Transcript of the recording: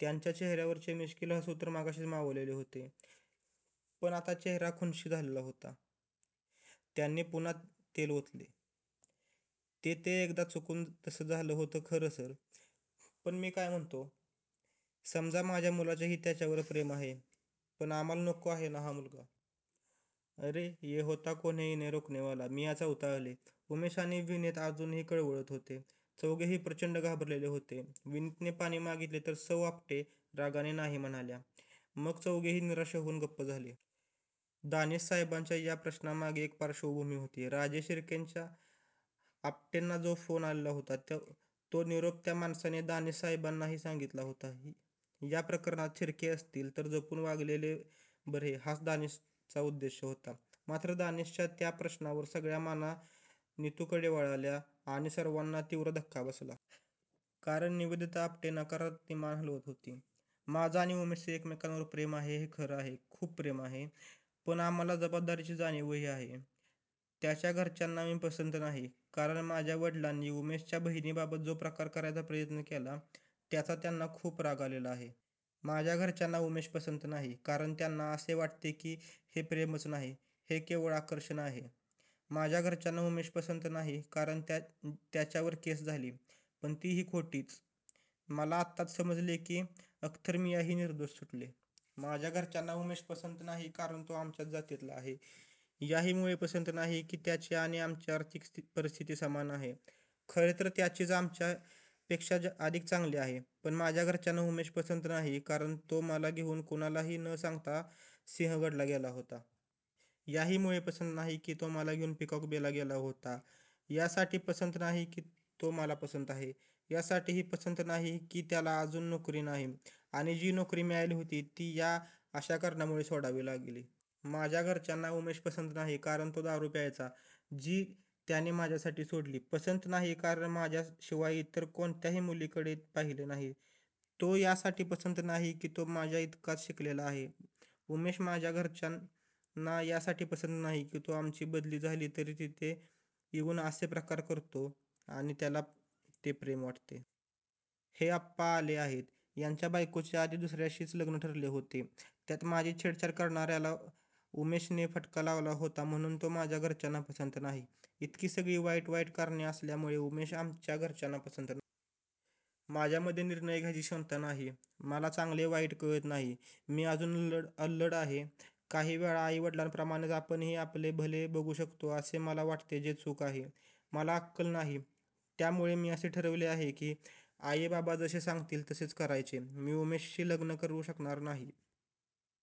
त्यांच्या चेहर्यावरचे मिश्कील हसू तर मगाशीच मावळलेले होते, पण आता चेहरा खुनशी झालेला होता. त्यांनी पुन्हा तेल ओतले. ते ते एकदा चुकून तसं झालं होतं खरं सर मी काय म्हणतो? समजा माझ्या मुलीचेही त्याच्यावर प्रेम आहे, पण आम्हाला नको आहे ना हा मुलगा? अरे ये होता कौन है इन्हे रोकनेवाला? मियाँ चवताळले. उमेश आणि विनीत अजूनही कळवळत होते. चौघेही प्रचंड घाबरलेले होते. विनीतने पाणि मागीतले तर सौ आपटे रागाने नाही म्हणाल्या. मग चौघेही निराश होऊन गप्प झाले. दानिशसाहेबांच्या या प्रश्नामागे एक पार्श्वभूमी होती. राजे शिर्केंचा आपटेंना जो फोन आलेला होता तो निरोप त्या माणसाने दानिशसाहेबांनाही सांगितला होता. या प्रकरणात शिर्के असतील तर जपून वागलेले बरे हाच दानिशचा उद्देश होता. मात्र दानिशच्या त्या प्रश्नावर सगळ्या माना नितुकडे वळल्या आणि सर्वांना तीव्र धक्का बसला. कारण निवेदिता आपटे नकारार्थी मान हालवत होती. माझं आणि उमेशचं एकमेकांवर प्रेम आहे हे खरं आहे. खूप प्रेम आहे. पण आम्हाला जबाबदारीची जाणीवही आहे. त्याच्या घरच्यांना मी पसंत नाही. कारण माझ्या वडिलांनी उमेशच्या बहिणीबाबत जो प्रकार करायचा प्रयत्न केला त्याचा त्यांना खूप राग आलेला आहे. माझ्या घरच्यांना उमेश पसंत नाही. कारण त्यांना असे वाटते की हे प्रेमच नाही. हे केवळ आकर्षण आहे. माझ्या घरच्यांना उमेश पसंत नाही कारण त्याच्यावर केस झाली. पण तीही खोटीच. मला आत्ताच समजले की अख्तरमियाँही निर्दोष सुटले. माझ्या घरच्यांना उमेश पसंत नाही कारण तो आमच्याच जातीतला आहे. याहीमुळे पसंत नाही की त्याची आणि आमची आर्थिक परिस्थिती समान आहे. खरे तर त्याचीच आमच्यापेक्षा अधिक चांगली आहे. माझ्या घरच्यांना उमेश पसंत नाही कारण तो मला घेऊन कुणालाही न सांगता सिंहगडला गेला होता. याहीमुळे पसंत नाही की तो मला घेऊन पिकॉकबेला गेला होता. यासाठी पसंत नाही की तो मला पसंत आहे.. यासाठीही पसंत नाही की त्याला अजून नोकरी नाही आणि जी नोकरी मिळाली होती ती या अशा कारणामुळे सोडावी लागली. माझ्या घरच्यांना उमेश पसंत नाही कारण तो दारू प्यायचा जी त्याने माझ्यासाठी सोडली. पसंत नाही कारण माझ्याशिवाय इतर कोणत्याही मुलीकडे पाहिलेले नाही. तो यासाठी पसंत नाही की तो माझ्याइतकाच शिकलेला आहे. उमेश माझ्या घरच्यांना यासाठी पसंत नाही की आमची बदली झाली तरी तो तिथे येऊन असे प्रकार करतो आणि त्याला ते प्रेम वाटते. हे आप्पा आले आहेत यांच्या बायकोचे आधी दुसर्याशीच लग्न ठरले होते. त्यात माझी छेडछाड करणार्याला उमेशने फटका लावला होता म्हणून तो माझ्या घरच्यांना पसंत नाही. इतकी सगळी वाईट वाईट कारणे असल्यामुळे उमेश आमच्या घरच्यांना पसंत नाही. माझ्यामधे निर्णय घ्यायची क्षमता नाही. मला चांगले वाईट कळत नाही. मी अजून अल्लड आहे. काही वेळा आई वडिलांप्रमाणेच आपणही आपले भले बघू शकतो असे मला वाटते जे चूक आहे. मला अक्कल नाही. त्यामुळे मी असे ठरवले आहे की आई बाबा जसे सांगतील तसेच करायचे. मी उमेशशी लग्न करू शकणार नाही.